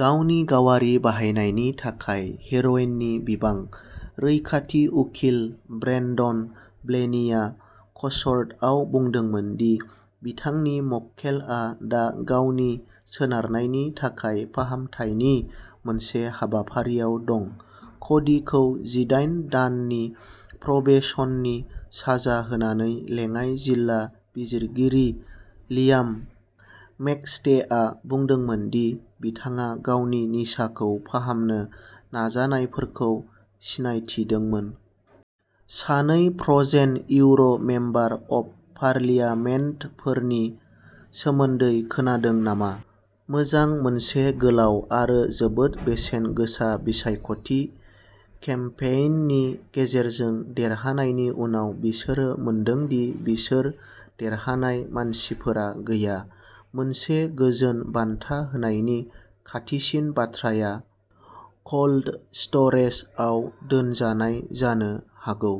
गावनि गावारि बाहायनायनि थाखाय हेर'इननि बिबां। रैखाथि उकिल ब्रेन्डन ब्लेनिया कच'र्टआव बुंदोंमोन दि बिथांनि मक्केलआ दा गावनि सोनारनायनि थाखाय फाहामथायनि मोनसे हाबाफारिआव दं। क'डीखौ जिदाइन दाननि प्रबेशननि साजा होनानै लेङाइ जिल्ला बिजिरगिरि लियाम मेकस्टेआ बुंदोंमोन दि बिथाङा गावनि निसाखौ फाहामनो नाजानायफोरखौ सिनायथिदोंमोन। सानै फ्र'जेन इउर' मेम्बार अब फार्लियामेन्टफोरनि सोमोन्दै खोनादों नामा? मोजां मोनसे गोलाव आरो जोबोद बेसेन गोसा बिसायख'थि केम्पेइननि गेजेरजों देरहानायनि उनाव बिसोरो मोनदों दि बिसोर देरहानाय मासिफोरा गैया। मोनसे गोजोन बान्था होनायनि खाथिसिन बाथ्राया "क'ल्ड स्ट'रेज" आव दोनजानाय जानो हागौ।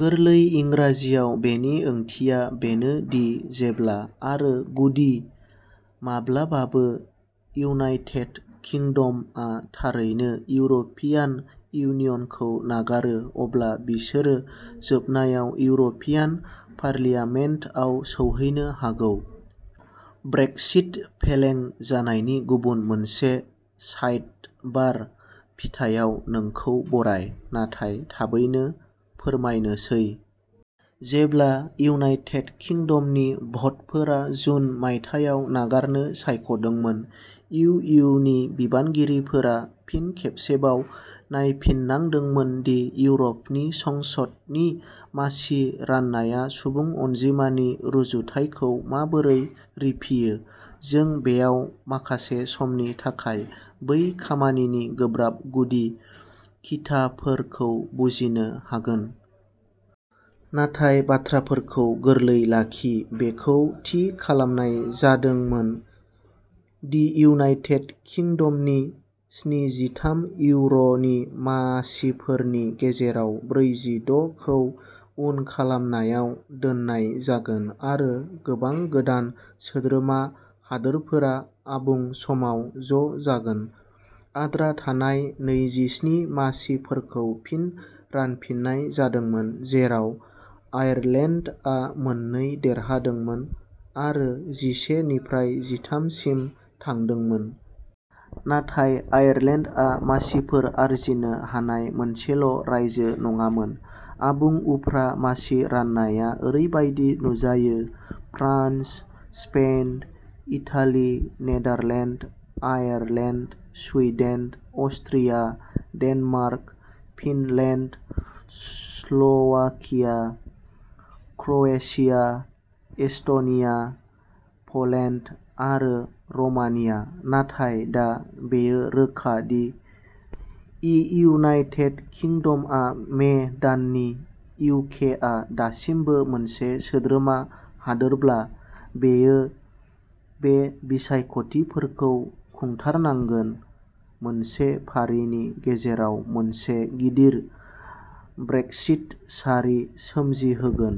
गोरलै इंराजियाव, बेनि ओंथिया बेनो दि जेब्ला, आरो गुदि माब्लाबाबो, इउनाइटेड किंडमआ थारैनो इउर'पियान इउनियनखौ नागारो, अब्ला बिसोरो जोबनायाव इउर'पियान पार्लियामेन्टआव सौहैनो हागौ। ब्रेक्सिट फेलें जानायनि गुबुन मोनसे साइडबार फिथायाव नोंखौ बराय। नाथाय थाबैनो फोरमायनोसै। जेब्ला इउनाइटेट किंदमनि भटफोरा जुन मायथाइयाव नागारनो सायख'दोंमोन, इउ इउ नि बिबानगिरिफोरा फिन खेबसेबाव नायफिननांदोंमोनदि इउर'पनि संसदनि मासि राननाया सुबुं अनजिमानि रुजुथायखौ माबोरै रिफियो। जों बेयाव माखासे समनि थाखाय बै खामानिनि गोब्राब गुदि खिथाफोरखौ बुजिनो हागोन। नाथाय बाथ्राफोरखौ गोरलै लाखि। बेखौ थि खालामनाय जादोंमोन दिइउनाइटेट किंदमनि स्निजिथाम इउर'नि मासिफोरनि गेजेराव ब्रैजिद'खौ उन खामनायाव दोननाय जागोन आरो गोबां गोदान सोद्रोमा हादोरफोरा आबुं समाव ज'जागोन। आद्रा थानाय नैजिस्नि मासिफोरखौ फिन रानफिननाय जादोंमोन, जेराव आयारलेन्डआ मोननै देरहादोंमोन आरो जिसे निफ्राय जिथाम सिम थांदोंमोन। नाथाय आयारलेन्डआ मासिफोर आरजिनो हानाय मोनसेल' रायजो नङामोन। आबुं उफ्रा मासि राननाया ओरैबायदि नुजायो France, Spain, Italy, Netherland, Ireland, Sweden, Austria, Denmark, Finland, Slovakia, Croatia, Estonia, Poland आरो र'मानिया। नाथाय दा बेयो रोखा दि इ इउनाइटेट किंदमआ मे दाननि इउकेआ दासिमबो मोनसे सोद्रोमा हादोरब्ला, बियो बे बिसायख'थिफोरखौ खुंथारनांगोन, मोनसे फारिनि गेजेराव मोनसे गिदिर ब्रेक्सिट सारि सोमजिहोगोन।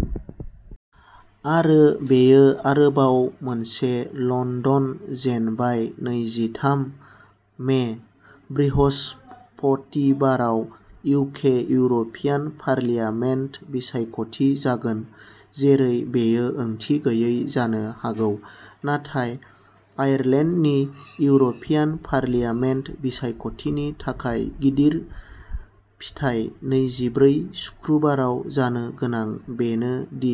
आरो बेयो आरोबाव मोनसे लण्डन जेनबाय नैजिथाम मे बृहस्पतिबाराव इउके इउर'पियान पार्लियामेन्ट बिसायख'थि जागोन, जेरै बेयो ओंथि गैयै जानो हागौ। नाथाय आयारलेन्डनि इउर'पियान पार्लियामेन्ट बिसायख'थिनि थाखाय गिदिर फिथाय नैजिब्रै सुक्रुबाराव जानो गोनां बेनो दि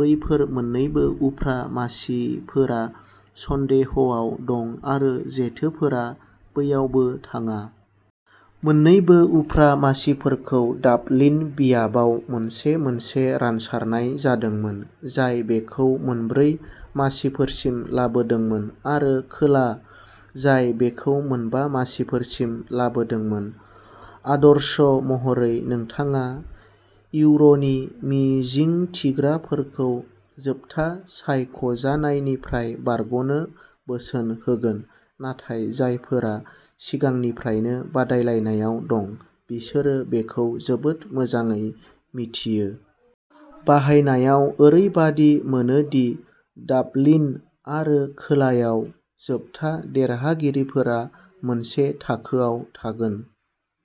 बैफोर मोन्नैबो उफ्रा मासिफोरा सन्देहआव दं आरो जेथोफोरा बैयावबो थाङा। मोन्नैबो उफ्रा मासिफोरखौ डाबलिन बियाबाव मोनसे-मोनसे रानसारनाय जादोंमोन, जाय बेखौ मोनब्रै मासिफोरसिम लाबोदोंमोन आरो खोला, जाय बेखौ मोनबा मासिफोरसिम लाबोदोंमोन। आदर्श महरै नोंथाङा इउर'नि मिजिंथिग्राफोरखौ जोबथा सायख'जानायनिफ्राय बारग'नो बोसोन होगोन। नाथाय जायफोरा सिगांनिफ्रायनो बादायलायनायाव दं, बिसोरो बेखौ जोबोद मोजाङै मिथियो। बाहायनायाव ओरैबादि मोनो दि डाबलिन आरो खोलायाव जोबथा देरहागिरिफोरा मोनसे थाखोआव थागोन।